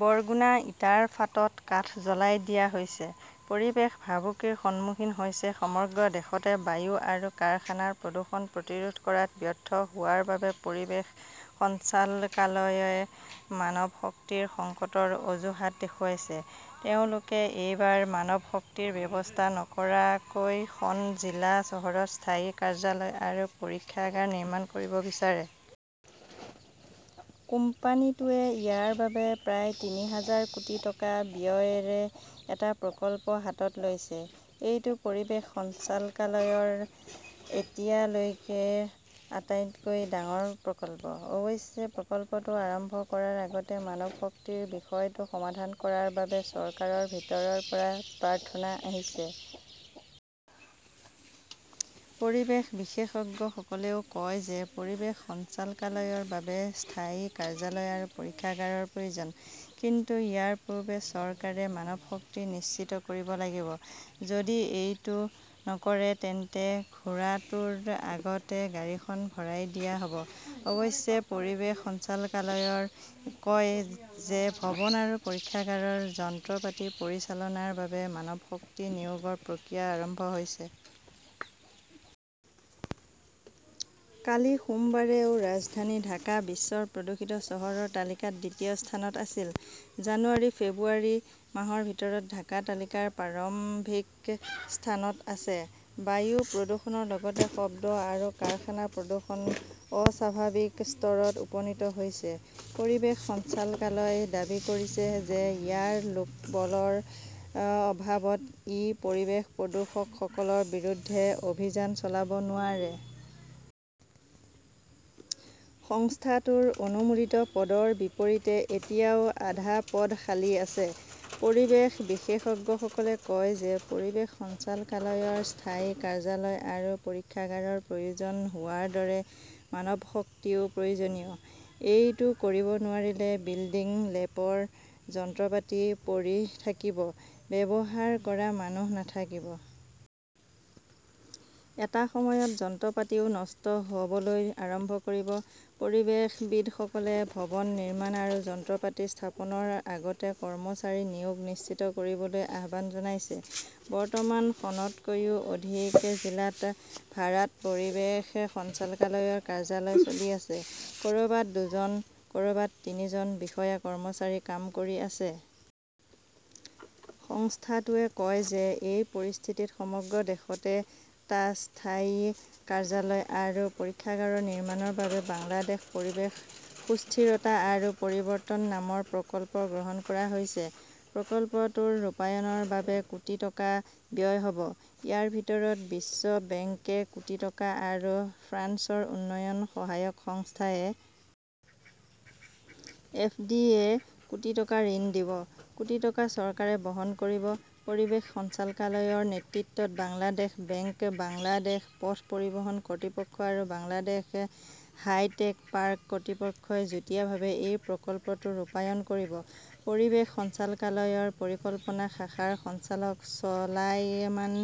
বৰগুনা ইটাৰ ফাঁটত কাঠ জ্বলাই দিয়া হৈছে, পৰিৱেশ ভাবুকিৰ সন্মুখীন হৈছে সমগ্ৰ দেশতে বায়ু আৰু কাৰখানাৰ প্ৰদূষণ প্ৰতিৰোধ কৰাত ব্যৰ্থ হোৱাৰ বাবে পৰিৱেশ সঞ্চালকালয়ই মানৱশক্তিৰ সংকটৰ অজুহাত দেখুৱাইছে। তেওঁলোকে এইবাৰ মানৱশক্তিৰ ব্যৱস্থা নকৰাকৈ খন জিলা চহৰত স্থায়ী কাৰ্যালয় আৰু পৰীক্ষাগাৰ নিৰ্মাণ কৰিব বিচাৰে। কোম্পানীটোৱে ইয়াৰ বাবে প্ৰায় তিনি হাজাৰ কোটি টকা ব্যয়েৰে এটা প্ৰকল্প হাতত লৈছে। এইটো পৰিৱেশ সঞ্চালকালয়ৰ এতিয়ালৈকেৰ আটাইতকৈ ডাঙৰ প্ৰকল্প। অৱশ্যে, প্ৰকল্পটো আৰম্ভ কৰাৰ আগতে মানৱশক্তিৰ বিষয়টো সমাধান কৰাৰ বাবে চৰকাৰৰ ভিতৰৰ পৰা প্ৰাৰ্থনা আহিছে। পৰিৱেশ বিশেষজ্ঞসকলেও কয় যে পৰিৱেশ সঞ্চালকালয়ৰ বাবে স্থায়ী কাৰ্যালয় আৰু পৰীক্ষাগাৰৰ প্ৰয়োজন। কিন্তু ইয়াৰ পূৰ্বে চৰকাৰে মানৱশক্তি নিশ্চিত কৰিব লাগিব। যদি এইটো নকৰে তেন্তে ঘোঁৰাটোৰ আগতে গাড়ীখন ভৰাই দিয়া হ 'ব। অৱশ্যে পৰিৱেশ সঞ্চালকালয়ই কয় যে ভৱন আৰু পৰীক্ষাগাৰৰ যন্ত্ৰপাতি পৰিচালনাৰ বাবে মানৱশক্তি নিয়োগৰ প্ৰক্ৰিয়া আৰম্ভ হৈছে। কালি সোমবাৰেও ৰাজধানী ঢাকা বিশ্বৰ প্ৰদূষিত চহৰৰ তালিকাত দ্বিতীয় স্থানত আছিল। জানুৱাৰী-ফেব্ৰুৱাৰী মাহৰ ভিতৰত ঢাকা তালিকাৰ প্ৰাৰম্ভিক স্থানত আছে। বায়ু প্ৰদূষণৰ লগতে শব্দ আৰু কাৰখানা প্ৰদূষণ অস্বাভাৱিক স্তৰত উপনীত হৈছে। পৰিৱেশ সঞ্চালকালয়ই দাবী কৰিছে যে ইয়াৰ লোকবলৰ অভাৱত ই পৰিৱেশ প্ৰদূষকসকলৰ বিৰুদ্ধে অভিযান চলাব নোৱাৰে। সংস্থাটোৰ অনুমোদিত পদৰ বিপৰীতে এতিয়াও আধা পদ খালী আছে। পৰিৱেশ বিশেষজ্ঞসকলে কয় যে পৰিৱেশ সঞ্চালকালয়ৰ স্থায়ী কাৰ্যালয় আৰু পৰীক্ষাগাৰৰ প্ৰয়োজন হোৱাৰ দৰে মানৱশক্তিও প্ৰয়োজনীয়। এইটো কৰিব নোৱাৰিলে বিল্ডিং-লেবৰ যন্ত্ৰপাতি পৰি থাকিব, ব্যৱহাৰ কৰা মানুহ নাথাকিব। এটা সময়ত যন্ত্ৰপাতিও নষ্ট হ "বলৈ আৰম্ভ কৰিব। পৰিৱেশবিদসকলে ভৱন নিৰ্মাণ আৰু যন্ত্ৰপাতি স্থাপনৰ আগতে কৰ্মচাৰী নিয়োগ নিশ্চিত কৰিবলৈ আহ্বান জনাইছে। বৰ্তমান খনতকৈও অধিক জিলাত ভাড়াত পৰিৱেশ সঞ্চালকালয়ৰ কাৰ্যালয় চলি আছে। ক "ৰবাত দুজন, ক" ৰবাত তিনিজন বিষয়া-কৰ্মচাৰী কাম কৰি আছে। সংস্থাটোৱে কয় যে এই পৰিস্থিতিত সমগ্ৰ দেশতে টা স্থায়ী কাৰ্যালয় আৰু পৰীক্ষাগাৰ নিৰ্মাণৰ বাবে বাংলাদেশ পৰিৱেশ সুস্থিৰতা আৰু পৰিৱৰ্তন নামৰ প্ৰকল্প গ্ৰহণ কৰা হৈছে। প্ৰকল্পটোৰ ৰূপায়ণৰ বাবে কোটি টকা ব্যয় হ 'ব। ইয়াৰ ভিতৰত বিশ্ব বেংকে কোটি টকা আৰু ফ্ৰান্সৰ উন্নয়ন সহায়ক সংস্থা এ. এফ. ডি. -য়ে কোটি টকা ঋণ দিব। কোটি টকা চৰকাৰে বহন কৰিব। পৰিৱেশ সঞ্চালকালয়ৰ নেতৃত্বত বাংলাদেশ বেংক, বাংলাদেশ পথ পৰিবহণ কৰ্তৃপক্ষ আৰু বাংলাদেশ হাই-টেক পাৰ্ক কৰ্তৃপক্ষই যুটীয়াভাৱে এই প্ৰকল্পটো ৰূপায়ণ কৰিব। পৰিৱেশ সঞ্চালকালয়ৰ পৰিকল্পনা শাখাৰ সঞ্চালক চ 'লায়মান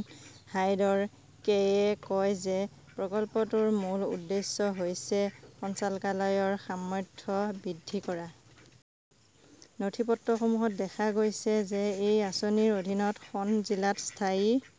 হাইদৰ কে-য়ে কয় যে প্ৰকল্পটোৰ মূল উদ্দেশ্য হৈছে সঞ্চালকালয়ৰ সামৰ্থ্য বৃদ্ধি কৰা। নথিপত্ৰসমূহত দেখা গৈছে যে এই আঁচনিৰ অধীনত খন জিলাত স্থায়ী